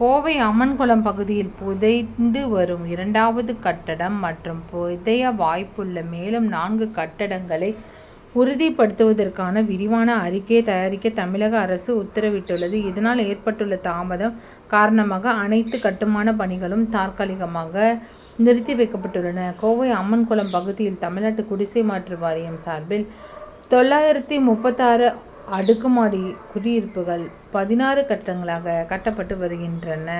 கோவை அம்மன்குளம் பகுதியில் புதைந்து வரும் இரண்டாவது கட்டடம் மற்றும் புதைய வாய்ப்புள்ள மேலும் நான்கு கட்டடங்களை உறுதிப்படுத்துவதற்கான விரிவான அறிக்கை தயாரிக்க தமிழக அரசு உத்தரவிட்டுள்ளது. இதனால் ஏற்பட்டுள்ள தாமதம் காரணமாக அனைத்து கட்டுமானப் பணிகளும் தற்காலிகமாக நிறுத்தி வைக்கப்பட்டுள்ளன. கோவை அம்மன் குளம் பகுதியில் தமிழ்நாடு குடிசை மாற்று வாரியம் சார்பில் தொள்ளாயிரத்து முப்பத்தாறு அடுக்குமாடி குடியிருப்புகள் பதினாறு கட்டடங்களாக கட்டப்பட்டு வருகின்றன.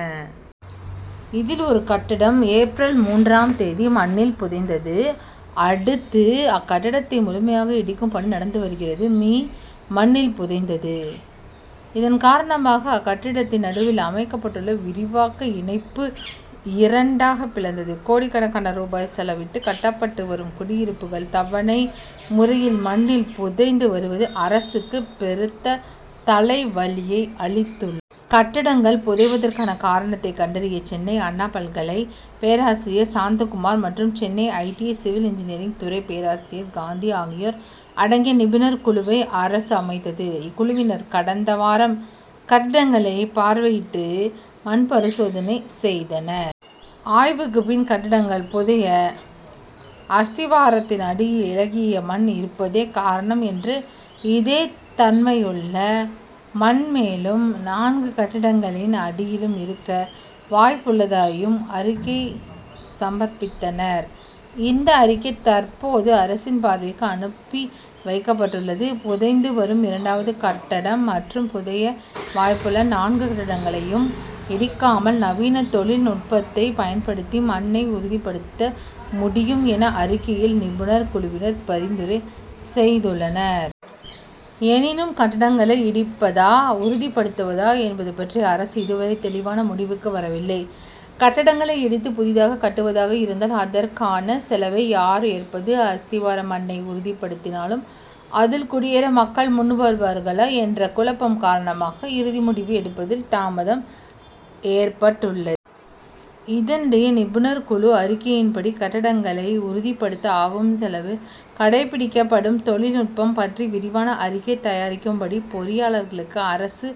இதில் ஒரு கட்டடம் ஏப். மூன்றாம் தேதி மண்ணில் புதைந்ததை அடுத்து அக்கட்டடத்தை முழுமையாக இடிக்கும் பணி நடந்து வருகிறது. மீ. மண்ணில் புதைந்தது. இதன் காரணமாக அக்கட்டடத்தின் நடுவே அமைக்கப்பட்டுள்ள விரிவாக்க இணைப்பு இரண்டாக பிளந்தது. கோடிக்கணக்கான ரூபாய் செலவிட்டு கட்டப்பட்டு வரும் குடியிருப்புகள் தவணை முறையில் மண்ணில் புதைந்து வருவது அரசுக்கு பெருத்த தலைவலியை அளித்துள்ளது. கட்டடங்கள் புதைவதற்கான காரணத்தை கண்டறிய சென்னை அண்ணா பல்கலை பேராசிரியர் சாந்தகுமார் மற்றும் Chennai I. T. I. Civil engineering துறை பேராசிரியர் காந்தி ஆகியோர் அடங்கிய நிபுணர் குழுவை அரசு அமைத்தது. இக்குழுவினர் கடந்த வாரம் கட்டடங்களை பார்வையிட்டு மண் பரிசோதனை செய்தனர். ஆய்வுக்குப் பின் கட்டடங்கள் புதைய அஸ்திவாரத்தின் அடியில் இளகிய மண் இருப்பதே காரணம் என்றும் இதே தன்மையுள்ள மண் மேலும் நான்கு கட்டடங்களின் அடியிலும் இருக்க வாய்ப்புள்ளதாகவும் அறிக்கை சமர்ப்பித்தனர். இந்த அறிக்கை தற்போது அரசின் பார்வைக்கு அனுப்பி வைக்கப்பட்டுள்ளது. புதைந்து வரும் இரண்டாவது கட்டடம் மற்றும் புதைய வாய்ப்புள்ள நான்கு கட்டடங்களையும் இடிக்காமல் நவீன தொழில்நுட்பத்தை பயன்படுத்தி மண்ணை உறுதிப்படுத்த முடியும் என அறிக்கையில் நிபுணர் குழுவினர் பரிந்துரை செய்துள்ளனர். எனினும் கட்டடங்களை இடிப்பதா உறுதிப்படுத்துவதா என்பது பற்றி அரசு இதுவரை தெளிவான முடிவுக்கு வரவில்லை. கட்டடங்களை இடித்து புதிதாக கட்டுவதாக இருந்தால் அதற்கான செலவை யார் ஏற்பது அஸ்திவார மண்ணை உறுதிப்படுத்தினாலும் அதில் குடியேற மக்கள் முன்வருவார்களா? என்ற குழப்பம் காரணமாக இறுதி முடிவு எடுப்பதில் தாமதம் ஏற்பட்டுள்ளது. இதனிடையே நிபுணர் குழு அறிக்கையின்படி கட்டடங்களை உறுதிப்படுத்த ஆகும் செலவு கடைபிடிக்கப்படும் தொழில்நுட்பம் பற்றி விரிவான அறிக்கை தயாரிக்கும்படி பொறியாளர்களுக்கு அரசு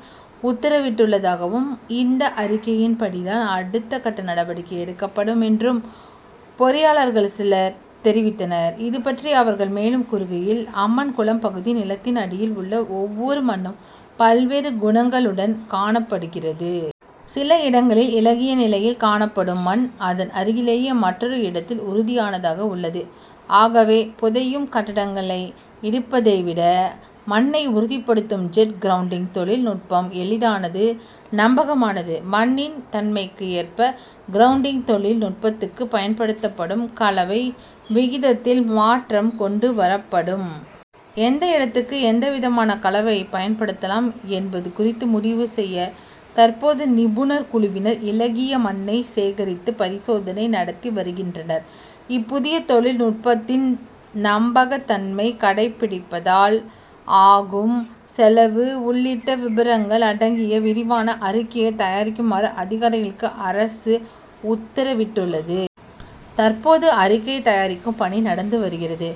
உத்தரவிட்டுள்ளதாகவும் இந்த அறிக்கையின்படிதான் அடுத்தகட்ட நடவடிக்கை எடுக்கப்படும் என்றும் பொறியாளர்கள் சிலர் தெரிவித்தனர். இது பற்றி அவர்கள் மேலும் கூறுகையில் அம்மன் குளம் பகுதி நிலத்தின் அடியில் உள்ள ஒவ்வொரு மண்ணும் பல்வேறு குணங்களுடன் காணப்படுகிறது. சில இடங்களில் இளகிய நிலையில் காணப்படும் மண் அதன் அருகிலேயே மற்றொரு இடத்தில் உறுதியானதாக உள்ளது. ஆகவே புதையும் கட்டடங்களை இடிப்பதை விட மண்ணை உறுதிப்படுத்தும் ஜெட் கிரவுட்டிங் தொழில் நுட்பம் எளிதானது நம்பகமானது. மண்ணின் தன்மைக்கு ஏற்ப கிரவுட்டிங் தொழில் நுட்பத்துக்கு பயன்படுத்தப்படும் கலவை விகிதத்தில் மாற்றம் கொண்டு வரப்படும். எந்த இடத்துக்கு எந்த விதமான கலவை பயன்படுத்தலாம் என்பது குறித்து முடிவு செய்ய தற்போது நிபுணர் குழுவினர் இளகிய மண்ணை சேகரித்து பரிசோதனை நடத்தி வருகின்றனர். இப்புதிய தொழில் நுட்பத்தின் நம்பகத்தன்மை கடைபிடிப்பதால் ஆகும் செலவு உள்ளிட்ட விபரங்கள் அடங்கிய விரிவான அறிக்கையை தயாரிக்குமாறு அதிகாரிகளுக்கு அரசு உத்தரவிட்டுள்ளது. தற்போது அறிக்கை தயாரிக்கும் பணி நடந்து வருகிறது.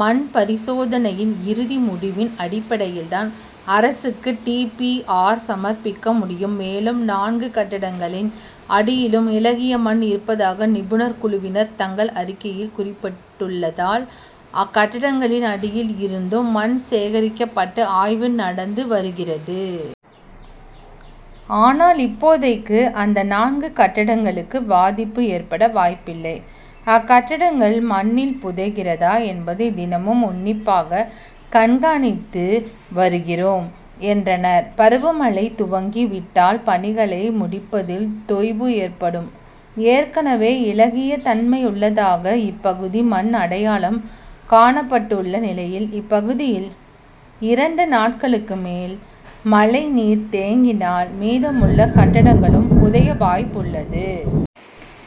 மண் பரிசோதனையின் இறுதி முடிவின் அடிப்படையில்தான் அரசுக்கு டி. பி. ஆர். சமர்ப்பிக்க முடியும். மேலும் நான்கு கட்டடங்களின் அடியிலும் இளகிய மண் இருப்பதாக நிபுணர் குழுவினர் தங்கள் அறிக்கையில் குறிப்பிட்டுள்ளதால் அக்கட்டடங்களின் அடியில் இருந்தும் மண் சேகரிக்கப்பட்டு ஆய்வு நடந்து வருகிறது. ஆனால் இப்போதைக்கு அந்த நான்கு கட்டடங்களுக்கு பாதிப்பு ஏற்பட வாய்ப்பில்லை. அக்கட்டடங்கள் மண்ணில் புதைகிறதா என்பதை தினமும் உன்னிப்பாக கண்காணித்து வருகிறோம் என்றனர். பருவமழை துவங்கி விட்டால் பணிகளை முடிப்பதில் தொய்வு ஏற்படும் ஏற்கனவே இளகிய தன்மையுள்ளதாக இப்பகுதி மண் அடையாளம் காணப்பட்டுள்ள நிலையில் இப்பகுதியில் இரண்டு நாட்களுக்கு மேல் மழை நீர் தேங்கினால் மீதமுள்ள கட்டடங்களும் புதைய வாய்ப்புள்ளது.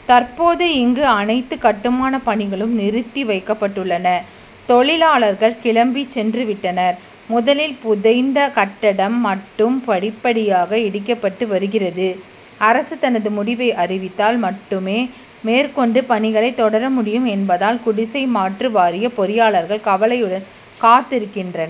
தற்போது இங்கு அனைத்து கட்டுமானப் பணிகளும் நிறுத்தி வைக்கப்பட்டுள்ளன. தொழிலாளர்கள் கிளம்பிச் சென்று விட்டனர். முதலில் புதைந்த கட்டடம் மட்டும் படிப்படியாக இடிக்கப்பட்டு வருகிறது. அரசு தனது முடிவை அறிவித்தால் மட்டுமே மேற்கொண்டு பணிகளை தொடர முடியும் என்பதால் குடிசை மாற்று வாரிய பொறியாளர்கள் கவலையுடன் காத்திருக்கின்றனர்.